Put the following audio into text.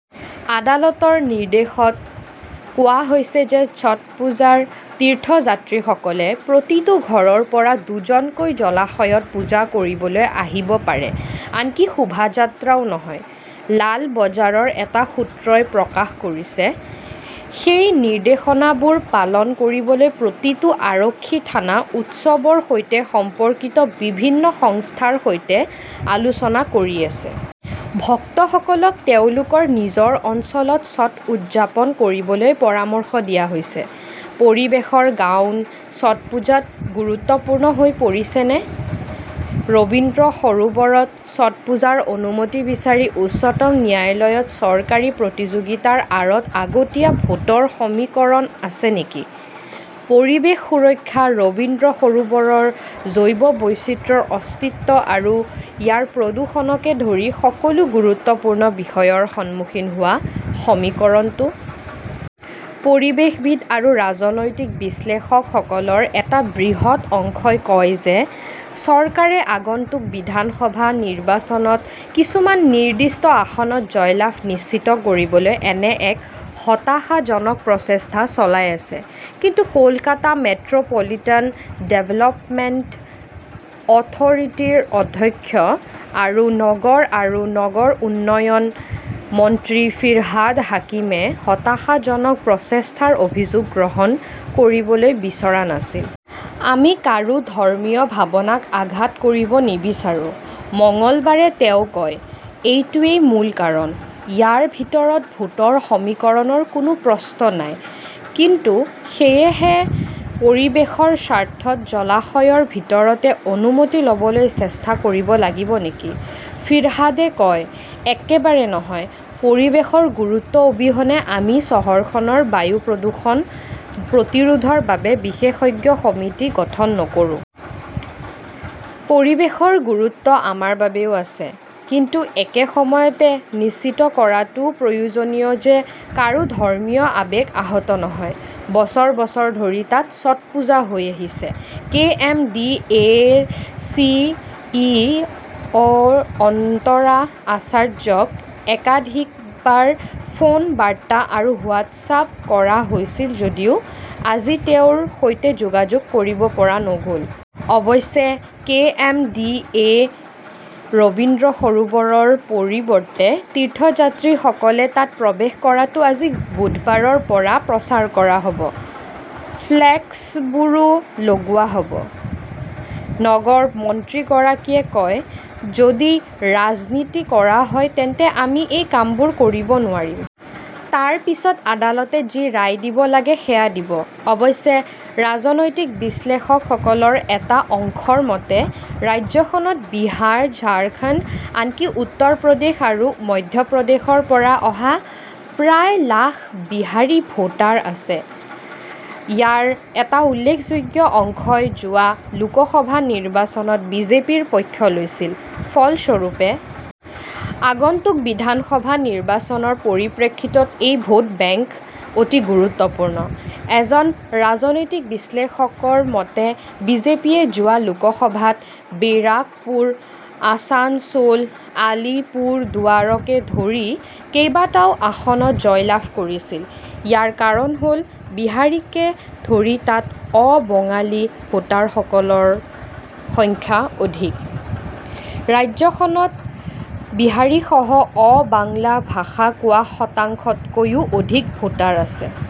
আদালতৰ নিৰ্দেশত কোৱা হৈছে যে ছটপুজাৰ তীৰ্থযাত্ৰীসকলে প্ৰতিটো ঘৰৰ পৰা দুজনকৈ জলাশয়ত পূজা কৰিবলৈ আহিব পাৰে আনকি শোভাযাত্ৰাও নহয়। লাল বজাৰৰ এটা সূত্ৰই প্ৰকাশ কৰিছে। সেই নিৰ্দেশনাবোৰ পালন কৰিবলৈ প্ৰতিটো আৰক্ষী থানা উৎসৱৰ সৈতে সম্পৰ্কিত বিভিন্ন সংস্থাৰ সৈতে আলোচনা কৰি আছে। ভক্তসকলক তেওঁলোকৰ নিজৰ অঞ্চলত ছট উদযাপন কৰিবলৈ পৰামৰ্শ দিয়া হৈছে। পৰিৱেশৰ গাউন, ছটপুজাত গুৰুত্বপূৰ্ণ হৈ পৰিছেনে? ৰবীন্দ্ৰ সৰোবৰত ছটপুজাৰ অনুমতি বিচাৰি উচ্চতম ন্যায়ালয়ত চৰকাৰী প্ৰতিযোগিতাৰ আঁৰত আগতীয়া ভোটৰ সমীকৰণ আছে নেকি? পৰিৱেশ সুৰক্ষা, ৰবীন্দ্ৰ সৰোবৰৰ জৈৱ -বৈচিত্ৰ্যৰ অস্তিত্ব আৰু ইয়াৰ প্ৰদূষণকে ধৰি সকলো গুৰুত্বপূৰ্ণ বিষয়ৰ সন্মুখীন হোৱা সমীকৰণটো? পৰিৱেশবিদ আৰু ৰাজনৈতিক বিশ্লেষকসকলৰ এটা বৃহৎ অংশই কয় যে চৰকাৰে আগন্তুক বিধানসভা নিৰ্বাচনত কিছুমান নিৰ্দিষ্ট আসনত জয়লাভ নিশ্চিত কৰিবলৈ এনে এক হতাশাজনক প্ৰচেষ্টা চলাই আছে। কিন্তু কলকাতা মেট্ৰ পলিটান ডেভেলপমেণ্ট অথৰিটিৰ অধ্যক্ষ আৰু নগৰ আৰু নগৰ উন্নয়ন মন্ত্ৰী ফিৰহাদ হাকিমে হতাশাজনক প্ৰচেষ্টাৰ অভিযোগ গ্ৰহণ কৰিবলৈ বিচৰা নাছিল। আমি কাৰো ধৰ্মীয় ভাৱনাক আঘাত কৰিব নিবিচাৰো মঙলবাৰে তেওঁ কয়, এইটোৱেই মূল কাৰণ। ইয়াৰ ভিতৰত ভোটৰ সমীকৰণৰ কোনো প্ৰশ্ন নাই। কিন্তু সেয়েহে, পৰিৱেশৰ স্বাৰ্থত জলাশয়ৰ জৰিয়তে অনুমতি ল'বলৈ চেষ্টা কৰিব লাগিব নেকি? ফিৰহাদে কয়, একেবাৰে নহয়, পৰিৱেশৰ গুৰুত্ব অবিহনে আমি চহৰখনৰ বায়ু প্ৰদূষণ প্ৰতিৰোধৰ বাবে বিশেষজ্ঞ সমিতি গঠন নকৰো। পৰিৱেশৰ গুৰুত্ব আমাৰ বাবেও আছে। কিন্তু একে সময়তে নিশ্চিত কৰাটোও প্ৰয়োজনীয় যে কাৰো ধৰ্মীয় আৱেগ আহত নহয়। বছৰ- বছৰ ধৰি তাত ছটপুজা হৈ আহিছে। কে. এম.ডি.এ.ৰ চি.ই. অ অন্তৰা আচাৰ্যক একাধিকবাৰ ফোন বাৰ্তা আৰু হোৱাটছআপ কৰা হৈছিল যদিও আজি তেওঁৰ সৈতে যোগাযোগ কৰিব পৰা নগ 'ল। অৱশ্যে K M D A Rabindra সৰোবৰৰ পৰিৱৰ্তে তীৰ্থযাত্ৰীসকলে তাত প্ৰৱেশ কৰাটো আজি বুধবাৰৰ পৰা প্ৰচাৰ কৰা হ 'ব। ফ্লেক্সবোৰো লগোৱা হ'ব। নগৰ মন্ত্ৰীগৰাকীয়ে কয়, যদি ৰাজনীতি কৰা হয় তেন্তে আমি এই কামবোৰ কৰিব নোৱাৰিম। তাৰ পিছত আদালতে যি ৰায় দিব লাগে সেয়া দিব। অৱশ্যে ৰাজনৈতিক বিশ্লেষকসকলৰ এটা অংশৰ মতে, ৰাজ্যখনত বিহাৰ, ঝাৰখণ্ড, আনকি উত্তৰ প্ৰদেশ আৰু মধ্যপ্ৰদেশৰ পৰা অহা প্ৰায় লাখ বিহাৰী ভোটাৰ আছে। ইয়াৰ এটা উল্লেখযোগ্য অংশই যোৱা লোকসভা নিৰ্বাচনত বিজেপিৰ পক্ষ লৈছিল ।ফলস্বৰূপে আগন্তুক বিধানসভা নিৰ্বাচনৰ পৰিপ্ৰেক্ষিতত এই ভোট বেংক অতি গুৰুত্বপূৰ্ণ। এজন ৰাজনৈতিক বিশ্লেষকৰ মতে, বিজেপিয়ে যোৱা লোকসভাত বেৰাকপুৰ, আছানছোল, আলিপুৰদুৱাৰকে ধৰি কেইবাটাও আসনত জয়লাভ কৰিছিল। ইয়াৰ কাৰণ হ'ল বিহাৰীকে ধৰি তাত অ-বঙালী ভোটাৰসকলৰ সংখ্যা অধিক। ৰাজ্যখনত বিহাৰীসহ অ-বাংলা ভাষা কোৱা শতাংশতকৈও অধিক ভোটাৰ আছে।